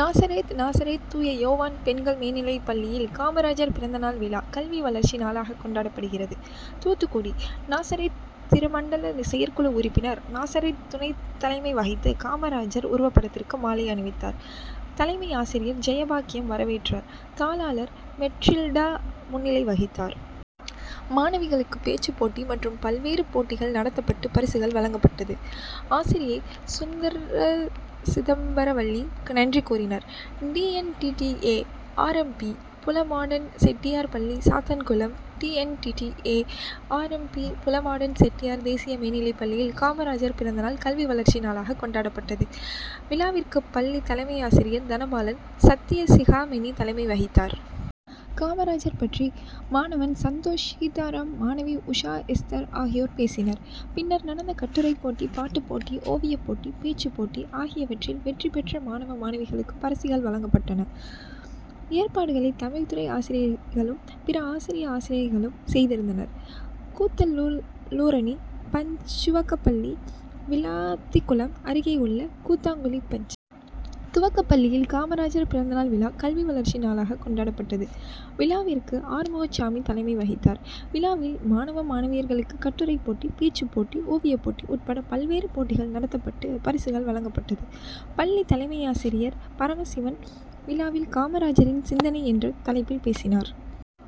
நாசரேத் நாசரேத் தூய யோவான் பெண்கள் மேல்நிலைப்பள்ளியில் காமராஜர் பிறந்தநாள் விழா கல்வி வளர்ச்சி நாளாகக் கொண்டாடப்பட்டது. தூத்துக்குடி-நாசரேத் திருமண்டல செயற்குழு உறுப்பினர் நாசரேத் துரை தலைமை வகித்து காமராஜர் உருவப்படத்திற்கு மாலை அணிவித்தார். தலைமை ஆசிரியை ஜெயபாக்கியம் வரவேற்றார். தாளாளர் மெற்றில்டா முன்னிலை வகித்தார். மாணவிகளுக்கு பேச்சுப்போட்டி மற்றும் பல்வேறு போட்டிகள் நடத்தப்பட்டு பரிசுகள் வழங்கப்பட்டது. ஆசிரியை சுந்தரசிதம்பரவள்ளி நன்றி கூறினார். டிஎன்டிடிஏ ஆர்எம்பி புலமாடன் செட்டியார் பள்ளி சாத்தான்குளம் டிஎன்டிடிஏ ஆர்எம்பி புலமாடன் செட்டியார் தேசிய மேல்நிலைப்பள்ளியில் காமராஜர் பிறந்தநாள் கல்வி வளர்ச்சி நாளாகக் கொண்டாடப்பட்டது. விழாவிற்கு பள்ளித் தலைமையாசிரியர் தனபாலன் சத்தியசிகாமணி தலைமை வகித்தார். காமராஜர் பற்றி மாணவன் சந்தோஷ் சீதாராம் மாணவி உஷா எஸ்தர் ஆகியோர் பேசினர். பின்னர் நடந்த கட்டுரைப்போட்டி பாட்டுப்போட்டி ஓவியப்போட்டி பேச்சுப்போட்டி ஆகியவற்றில் வெற்றி பெற்ற மாணவ மாணவிகளுக்கு பரிசுகள் வழங்கப்பட்டது. ஏற்பாடுகளை தமிழ்துறை ஆசிரியைகளும் பிற ஆசிரிய ஆசிரியைகளும் செய்திருந்தனர். கூத்தலூரணி பஞ். துவக்கப்பள்ளி விளாத்திகுளம் அருகேயுள்ள கூத்தலூரணி பஞ். துவக்கப்பள்ளியில் காமராஜர் பிறந்தநாள் விழா கல்வி வளர்ச்சி நாளாகக் கொண்டாடப்பட்டது. விழாவிற்கு ஆறுமுகச்சாமி தலைமை வகித்தார். விழாவில் மாணவ மாணவியர்களுக்கு கட்டுரைப்போட்டி பேச்சுப்போட்டி ஓவியப்போட்டி உட்பட பல்வேறு போட்டிகள் நடத்தப்பட்டு பரிசுகள் வழங்கப்பட்டது. பள்ளி தலைமையாசிரியர் பரமசிவன் விழாவில் காமராஜரின் சிந்தனை என்ற தலைப்பில் பேசினார்.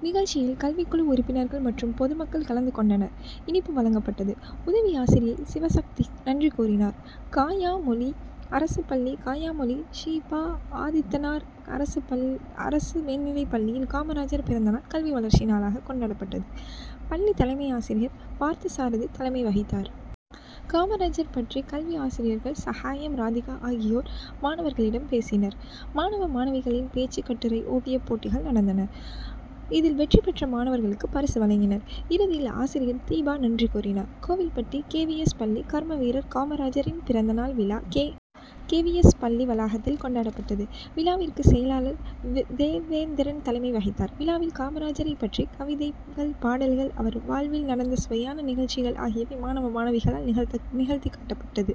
நிகழ்ச்சியில் கல்விக்குழு உறுப்பினர்கள் மற்றும் பொதுமக்கள் கலந்து கொண்டனர். இனிப்பு வழங்கப்பட்டது. உதவி ஆசிரியை சிவசக்தி நன்றி கூறினார். காயாமொழி அரசு பள்ளி காயாமொழி சி. பா. ஆதித்தனார் அரசு மேல்நிலைப்பள்ளியில் காமராஜர் பிறந்தநாள் கல்வி வளர்ச்சி நாளாகக் கொண்டாடப்பட்டது. பள்ளி தலைமை ஆசிரியர் பார்த்தசாரதி தலைமை வகித்தார். காமராஜர் பற்றி பள்ளி ஆசிரியர்கள் சகாயம் ராதிகா ஆகியோர் மாணவர்களிடம் பேசினர். மாணவ மாணவிகளின் பேச்சு கட்டுரை ஓவியப் போட்டிகள் நடந்தது. இதில் வெற்றி பெற்ற மாணவர்களுக்கு பரிசு வழங்கினர். இறுதியில் ஆசிரியர் தீபா நன்றி கூறினார். கோவில்பட்டி கேவிஎஸ். பள்ளி கர்மவீரர் காமராஜரின் பிறந்த நாள் விழா கே. வி. எஸ் பள்ளி வளாகத்தில் கொண்டாடப்பட்டது. விழாவிற்கு செயலாளர் தேவேந்திரன் தலைமை வகித்தார். விழாவில் காமராஜரைப் பற்றிய கவிதைகள் பாடல்கள் அவர் வாழ்வில் நடந்த சுவையான நிகழ்ச்சிகள் ஆகியவை மாணவ மாணவிகளால் நிகழ்த்திக் காட்டப்பட்டது.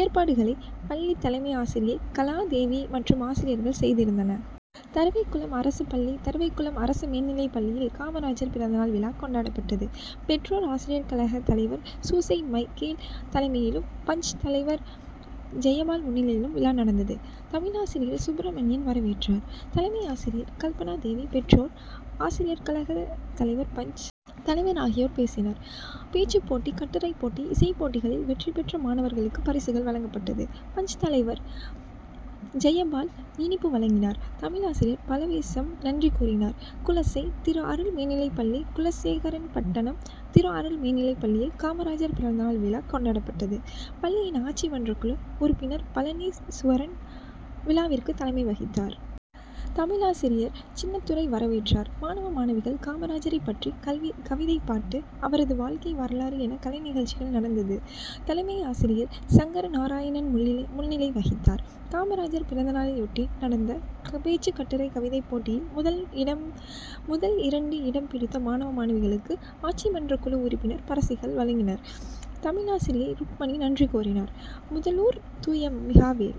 ஏற்பாடுகளை பள்ளித் தலைமை ஆசிரியை கலா தேவி மற்றும் ஆசிரியர்கள் செய்திருந்தனர். தருவைக்குளம் அரசு பள்ளி தருவைக்குளம் அரசு மேல்நிலைப்பள்ளியில் காமராஜர் பிறந்த நாள் விழா கொண்டாடப்பட்டது. பெற்றோர் ஆசிரியர் கழக தலைவர் சூசை மிக்கேல் தலைமையிலும் பஞ். தலைவர் ஜெயபால் முன்னிலையிலும் விழா நடந்தது. தமிழாசிரியர் சுப்பிரமணியன் வரவேற்றார். தலைமை ஆசிரியை கல்பனா தேவி பெற்றோர் ஆசிரியர் கழக தலைவர் பஞ். தலைவர் ஆகியோர் பேசினர். பேச்சுப் போட்டி கட்டுரைப் போட்டி இசைப் போட்டிகளில் வெற்றி பெற்ற மாணவர்களுக்கு பரிசுகள் வழங்கப்பட்டது. பஞ்.தலைவர் ஜெயபால் இனிப்பு வழங்கினார். தமிழாசிரியர் பலவேசம் நன்றி கூறினார். குலசை. திருஅருள் மேல்நிலைப்பள்ளி குலசேகரன்பட்டணம் திருஅருள் மேல்நிலைப்பள்ளியில் காமராஜர் பிறந்தநாள் விழா கொண்டாடப்பட்டது. பள்ளியின் ஆட்சி மன்றக்குழு உறுப்பினர் பழநீசுவரன் விழாவிற்கு தலைமை வகித்தார். தமிழாசிரியர் சின்னத்துரை வரவேற்றார். மாணவ மாணவிகள் காமராஜரைப்பற்றி கவிதை பாட்டு அவரது வாழ்க்கை வரலாறு என கலைநிகழ்ச்சிகள் நடந்தது. தலைமை ஆசிரியர் சங்கரநாராயணன் முன்னிலை வகித்தார். காமராஜர் பிறந்தநாளையொட்டி நடந்த பேச்சு கட்டுரை கவிதைப்போட்டியில் முதல் இரண்டு இடம் பிடித்த மாணவ மாணவிகளுக்கு ஆட்சிமன்றக்குழு உறுப்பினர் பரிசுகள் வழங்கி பேசினார். தமிழாசிரியை ருக்மணி நன்றி கூறினார். முதலூர் தூய மிகாவேல்